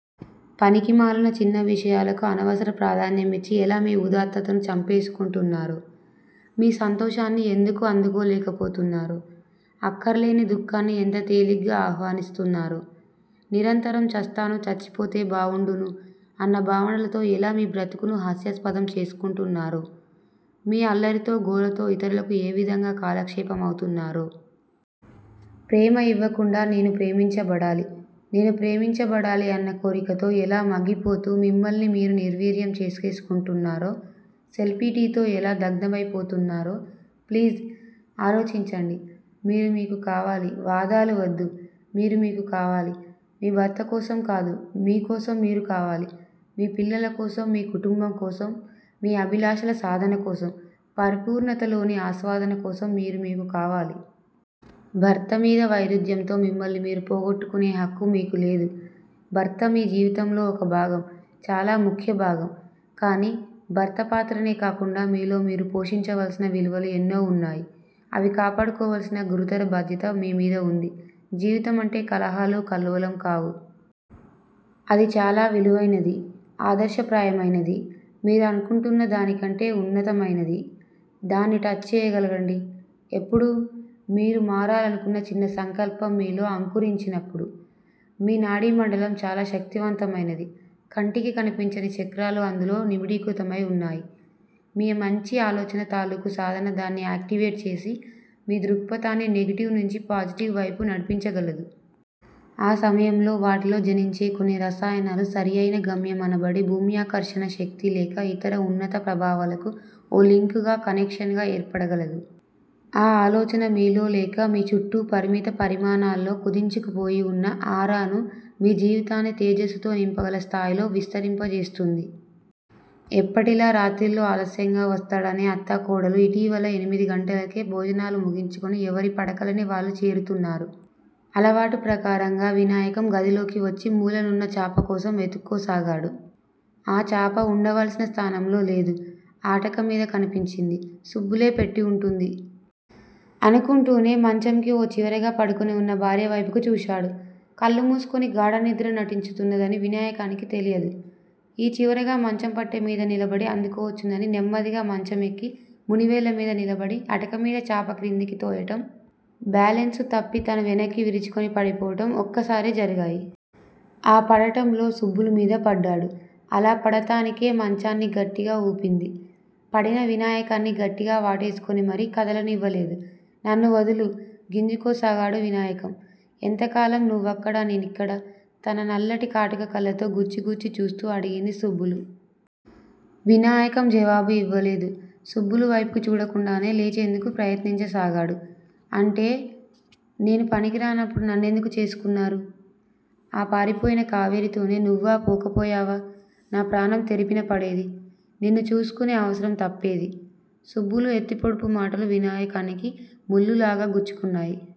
పనికిమాలిన చిన్న విషయాలకు అనవసర ప్రాధాన్యమిచ్చి ఎలా మీ ఉదాత్తతను చంపేసుకుంటున్నారు. మీరు సంతోషాన్ని ఎందుకు అందుకోలేకపోతున్నారు. అక్కర్లేని దుఃఖాన్ని ఎంత తేలిగ్గా ఆహ్వానిస్తున్నారు. నిరంతరం 'చస్తాను చచ్చిపోతే బావుండును' అన్న భావనలతో ఎలా మీ బ్రతుకును హాస్యాస్పదం చేసేసుకుంటున్నారు. మీ అల్లరితో, గోలతో ఇతరులకు ఏ విధంగా కాలక్షేపమవుతున్నారు. ప్రేమ ఇవ్వకుండా 'నేను ప్రేమించబడాలి. నేను ప్రేమించబడాలి' అన్నకోరికతో ఎలా మగ్గిపోతూ, మిమ్మల్ని మీరు నిర్వీర్యం చేసేసుకుంటున్నారో. సెల్ఫ్పిటీతో ఎలా దగ్ధమైపోతున్నారో ప్లీజ్! ఆలోచించండి మీరు మీకు కావాలి. వాదాలు వద్దు. మీరు మీకు కావాలి. మీ భర్తకోసం కాదు, మీకోసం మీరు కావాలి. మీ పిల్లలకోసం, మీ కుటుంబంకోసం, మీ అభిలాషల సాధనకోసం, పరిపూర్ణతలోని ఆస్వాదన కోసం మీరు మీకు కావాలి. భర్త మీది వైరుధ్యంతో మిమ్మల్ని మీరు పోగొట్టుకునే హక్కు మీకు లేదు! భర్త మీ జీవితంలో ఒక భాగం. చాలా ముఖ్యభాగం. కాని భర్తపాత్రనే కాకుండా మీలో మీరు పోషించవలసిన విలువలు ఎన్నో వున్నాయి. అవి కాపాడుకోవలసిన గురుతర బాధ్యత మీమీద వుంది. జీవితమంటే కలహాలూ, కల్లోలం కావు. అది చాల విలువైనదీ, ఆదర్శప్రాయమైనదీ, మీరనుకుంటున్న దానికంటే ఉన్నతమైనదీ. దాన్ని టచ్ చేయగలగండి. ఎప్పుడు? మీరు మారాలన్న చిన్న సంకల్పం మీలో అంకురించినప్పుడు. మీ నాడీమండలం చాలా శక్తిమంతమైనది. కంటికి కనిపించని 'చక్రాలు' అందులో నిబిడీకృతమై వున్నాయి. మీ మంచి ఆలోచన తాలుకు సాధన దాన్ని ఆక్టివేట్ చేసి మీ దృక్పథాన్ని నెగెటివ్ నుంచి పాజిటివ్ వైపు నడిపించగలదు. ఆ సమయంలో వాటిలో జనించే కొన్ని రసాయనాలు సరియైన గమ్యం అనబడే భూమ్యాకర్షణ శక్తి లేక ఇతర ఉన్నత ప్రభావాలకు ఓ లింక్ గా, కనెక్షన్ గా ఏర్పడగలదు. ఆ ఆలోచన మీలో లేక మీ చుట్టూ పరిమిత పరిమాణాల్లో కుదించుకుపోయి వున్న 'ఆరా'ను మీ జీవితాన్ని తేజస్సుతో నింపగల స్థాయిలో విస్తరింపచేస్తుంది. ఎప్పటిలా రాత్రిళ్ళు ఆలస్యంగా వస్తాడనే అత్తా కోడలు యిటీవల ఎనిమిది గంటలకే భోజనాలు ముగించుకుని ఎవరి పడకలనివాళ్ళు చేరుతున్నారు. అలవాటు ప్రకారంగా వినాయకం గదిలోకి వచ్చి మూలనున్న చాప కోసం వెతుక్కోసాగాడు. ఆ చాప వుండవలసిన స్తానంలో లేదు. ఆటక మీద కనిపించింది. సుబ్బులే పెట్టివుంటుంది! అనుకుంటూనే మంచంకి ఓ చివరగా పడుకుని వున్న భార్యవైపుకి చూశాడు. కళ్ళు మూసుకుని గాఢ నిద్ర నటించుతున్నదని వినాయకానికి తెలియదు. ఈ చివరగా మంచం పట్టె మీద నిలబడి అందుకోవచ్చుననుకుని నెమ్మదిగా మంచంఎక్కి మునివేళ్ళమీద నిలబడి అటకమీద చాపక్రిందకి తోయటం, బాలెన్సు తప్పి తను వెనక్కి విరుచుకుని పడిపోవటం ఒక్కసారే జరిగాయి. ఆ పడటంలో సుబ్బులు మీద పడ్డాడు. అలా పడతానికే మంచాన్ని గట్టిగా ఊపింది. పడిన వినాయకాన్ని గట్టిగా వాటేసుకుని మరి కదలనివ్వలేదు. నన్ను వదులు! గింజుకోసాగాడు వినాయకం. ఎంత కాలం నువ్వక్కడ? నేనిక్కడ? తన నల్లటి కాటుక కళ్ళతో గుచ్చి గుచ్చి చూస్తూ అడిగింది సుబ్బులు. వినాయకం జవాబు యివ్వలేదు. సుబ్బులు వైపుకి చూడకుండానే లేచేందుకు ప్రయత్నించసాగాడు. అంటే? నేను పనికి రానప్పుడు నన్నెందుకు చేసుకున్నారు? ఆ పారిపోయిన కావేరితోనే నువ్వా పోకపోయావా? నా ప్రాణం తెరిపినపడేది. నిన్ను చేసుకునే అవసరం తప్పేది. సుబ్బులు ఎత్తి పొడుపు మాటలు వినాయకానికి ముల్లులాగా గుచ్చుకున్నాయి.